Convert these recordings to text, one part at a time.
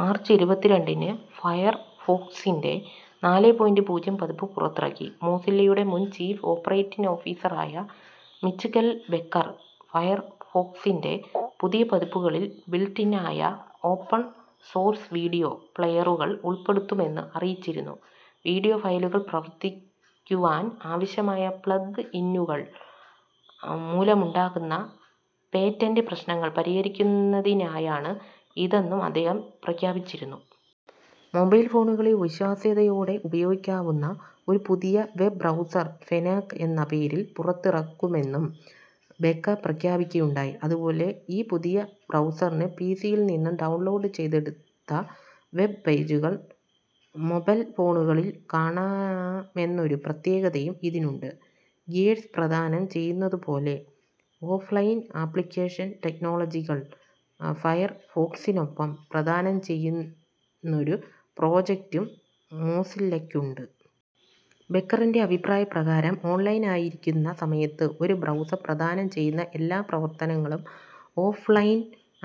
March ഇരുപത്തി രണ്ടിന് ഫയർഫോക്സിൻ്റെ നാലേ പോയിന്റ് പൂജ്യം പതിപ്പ് പുറത്തിറക്കി. മോസില്ലയുടെ മുൻ ചീഫ് ഓപ്പറേറ്റിംഗ് ഓഫീസർ ആയ മിച്ച്കെൽ ബെക്കർ, ഫയർഫോക്സിൻ്റെ പുതിയ പതിപ്പുകളിൽ ബിൽട്ട് ഇൻ ആയ ഓപ്പൺ സോഴ്സ് വീഡിയോ പ്ലേയറുകൾ ഉൾപ്പെടുത്തുമെന്ന് അറിയിച്ചിരുന്നു. വീഡിയോ ഫയലുകൾ പ്രവർത്തിക്കുവാൻ ആവശ്യമായ പ്ലഗ് ഇന്നുകൾ മൂലമുണ്ടകുന്ന പേറ്റന്റ് പ്രശ്നങ്ങൾ പരിഹരിക്കുന്നതിനായാണ് ഇതെന്നും അദ്ദേഹം പ്രഖ്യാപിച്ചിരുന്നു. മൊബൈൽ ഫോണുകളിൽ വിശ്വാസ്യതയോടെ ഉപയോഗിക്കാവുന്ന ഒരു പുതിയ വെബ്ബ് ബ്രൗസർ ഫെന്നാക് എന്ന പേരിൽ പുറത്തിറക്കുമെന്നും ബെക്കർ പ്രഖ്യാപിക്കുകയുണ്ടായി. അതുപോലെ ഈ പുതിയ ബ്രൗസറിന് പി സി യിൽ നിന്നും ഡൗൺലോഡ് ചെയ്തെടുത്ത വെബ്ബ് പേജുകൾ, മൊബൽഫോണുകളിൽ കാണാമെന്നൊരു പ്രത്യേകതയും ഇതിനുണ്ട്. ഗിയേർസ് പ്രദാനം ചെയ്യുന്നതു പോലെ ഓഫ്ലൈൻ ആപ്ലിക്കേഷൻ ടെക്നോളജികൾ ഫയർഫോക്സിനൊപ്പം പ്രദാനം ചെയ്യുന്നൊരു പ്രൊജക്ടും മോസില്ലക്കുണ്ട്. ബെക്കറിൻ്റെ അഭിപ്രായ പ്രകാരം ഓൺലൈൻ ആയിരിക്കുന്ന സമയത്ത് ഒരു ബ്രൗസർ പ്രദാനം ചെയ്യുന്ന എല്ലാ പ്രവർത്തനങ്ങളും ഓഫ്ലൈൻ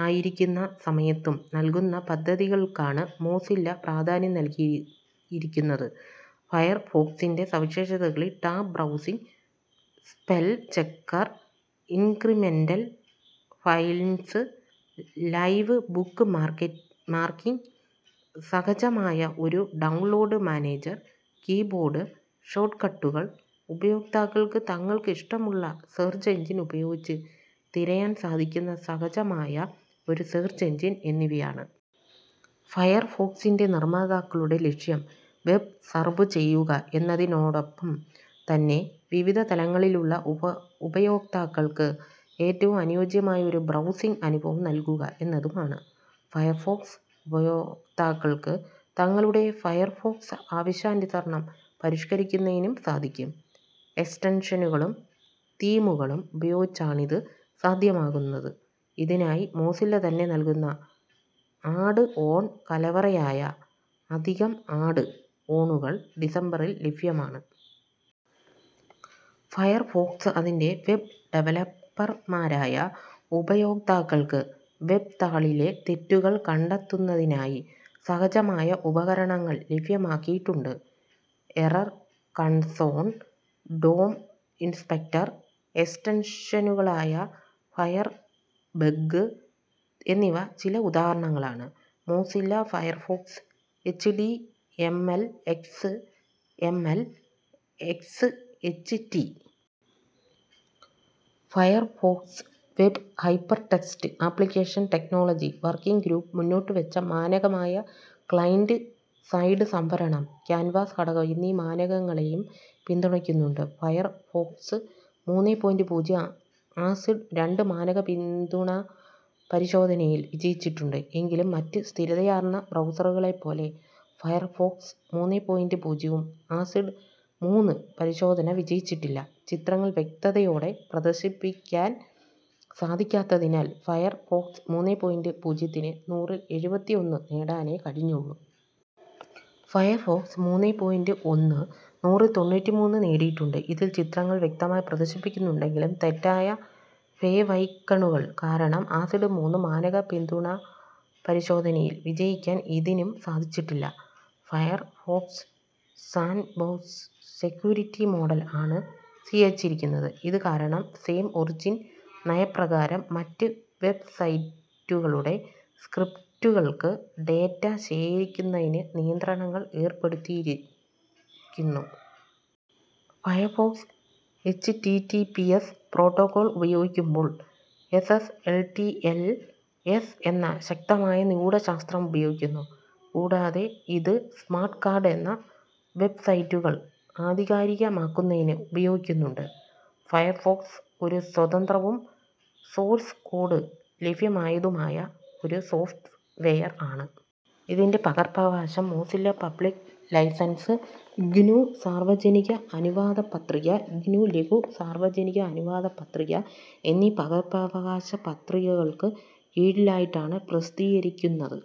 ആയിരിക്കുന്ന സമയത്തും നൽകുന്ന പദ്ധതികൾക്കാണ് മോസില്ല പ്രാധാന്യം നൽകിയിരിക്കുന്നത്. ഫയർഫോക്സിൻ്റെ സവിശേഷതകളിൽ tab browsing, spell checker, incremental find, live book markings marking, സഹജമായ ഒരു ഡൗൺലോഡ് മാനേജർ, കീബോർഡ് ഷോട്ട്കട്ടുകൾ, ഉപയോക്താക്കൾക്ക് തങ്ങൾക്ക് ഇഷ്ടമുള്ള സെർച്ച് എഞ്ചിൻ ഉപയോഗിച്ച് തിരയാൻ സാധിക്കുന്ന സഹജമായ ഒരു സെർച്ച് എഞ്ചിൻ എന്നിവയാണ്. ഫയർഫോക്സിൻ്റെ നിർമ്മാതാക്കളുടെ ലക്ഷ്യം വെബ്ബ് സർഫ് ചെയ്യുക എന്നതിനോടൊപ്പം തന്നെ വിവിധ തലങ്ങളിലുള്ള ഉപാ ഉപയോക്താക്കൾക്ക് ഏറ്റവും അനുയോജ്യമായ ഒരു ബ്രൗസിങ്ങ് അനുഭവം നൽകുക എന്നതുമാണ്. ഫയർഫോക്സ് ഉപയോക്താക്കൾക്ക് തങ്ങളുടെ ഫയർഫോക്സ് ആവശ്യാനുസരണം പരിഷ്കരിക്കുന്നതിനും സാധിക്കും. എക്സ്റ്റൻഷനുകളും, തീമുകളും ഉപയോഗിച്ചാണിത് സാദ്ധ്യമാകുന്നത്. ഇതിനായി മോസില്ല തന്നെ നൽകുന്ന ആഡ് ഓൺ കലവറയായ അധികം ആഡ് ഓണുകൾ ഡിസംബറിൽ ലഭ്യമാണ്. ഫയർഫോക്സ് അതിന്റെ വെബ്ബ് ഡവലപ്പർമാരായ ഉപയോക്താക്കൾക്ക് വെബ്ബ് താളിലെ തെറ്റുകൾ കണ്ടെത്തുന്നതിനായി സഹജമായ ഉപകരണങ്ങൾ ലഭ്യമാക്കിയിട്ടുണ്ട്. എറർ കൺസോൾ, ഡോം ഇൻസ്പെക്ടർ എക്സ്റ്റൻഷനുകളായ ഫയർബഗ്ഗ് എന്നിവ ചില ഉദാഹരണങ്ങളാണ്. Mozilla Firefox H T M L, X M. L., X. H. T. Firefox web hypertext application technology working group മുന്നോട്ടു വെച്ച മാനകമായ ക്ലൈന്റ് സൈഡ് സംഭരണം, കാൻവാസ് ഘടകം എന്നീ മാനകങ്ങളെയും പിന്തുണക്കുന്നുണ്ട്. ഫയർഫോക്സ് മൂന്നേ പോയിന്റ് പൂജ്യം ആസിഡ് രണ്ട് മാനക പിന്തുണാപരിശോധനയിൽ വിജയിച്ചിട്ടുണ്ട്. എങ്കിലും, മറ്റു സ്ഥിരതയാർന്ന ബ്രൗസറുകളെപ്പോലെ ഫയർഫോക്സ് മൂന്നേ പോയിന്റ് പൂജ്യവും ആസിഡ് മൂന്ന് പരിശോധന വിജയിച്ചിട്ടില്ല; ചിത്രങ്ങൾ വ്യക്തതയോടെ പ്രദർശിപ്പിക്കാൻ സാധിക്കാത്തതിനാൽ ഫയർഫോക്സ് മൂന്നേ പോയിന്റ് പൂജ്യത്തിന് നൂറിൽ എഴുപത്തി ഒന്ന് നേടാനേ കഴിഞ്ഞുള്ളൂ. ഫയർഫോക്സ് മൂന്നേ പോയിന്റ് ഒന്ന് നൂറിൽ തൊണ്ണൂറ്റി മൂന്ന് നേടിയിട്ടുണ്ട്. ഇതിൽ ചിത്രങ്ങൾ വ്യക്തമായി പ്രദർശിപ്പിക്കുന്നുണ്ടെങ്കിലും തെറ്റായ ഫേവൈക്കണുകൾ കാരണം ആസിഡ് മൂന്ന് മാനക പിന്തുണാപരിശോധനയിൽ വിജയിക്കാൻ ഇതിനും സാധിച്ചിട്ടില്ല. ഫയർഫോക്സ് സാന്റ്ബോക്സ് സെക്യൂരിറ്റി മോഡൽ ആണു സ്വീകരിച്ചിരിക്കുന്നത്, ഇതു കാരണം സേം ഒറിജിൻ നയപ്രകാരം മറ്റു വെബ്ബ്സൈറ്റുകളുടെ സ്ക്രിപ്റ്റുകൾക്ക് ഡേറ്റ ശേഖരിക്കുന്നതിനു നിയന്ത്രണങ്ങൾ ഏർപ്പെടുത്തിരിക്കുന്നു. Firefox, H T T P S protocol ഉപയോഗിക്കുമ്പോൾ S S L T L S എന്ന ശക്തമായ നിഗൂഡശാസ്ത്രം ഉപയോഗിക്കുന്നു. കൂടാതെ ഇത് സ്മാർട്ട് കാർഡ് എന്ന വെബ്സൈറ്റുകൾ ആധികാരികമാക്കുന്നതിന് ഉപയോഗിക്കുന്നുണ്ട്. ഫയർഫോക്സ് ഒരു സ്വതന്ത്രവും, സോഴ്സ് കോഡ് ലഭ്യമായതുമായ ഒരു സോഫ്റ്റ് വെയർ ആണ്. ഇതിൻ്റെ പകർപ്പവകാശം മോസില്ല പബ്ലിക്ക് ലൈസൻസ്, ഗ്നു സാർവ്വജനിക അനുവാദ പത്രിക, ഗ്നു ലഘു സാർവ്വജനിക അനുവാദ പത്രിക എന്നീ പകർപ്പവകാശ പത്രികകൾക്കു കീഴിലായിട്ടാണ് പ്രസിദ്ധീകരിക്കുന്നത്.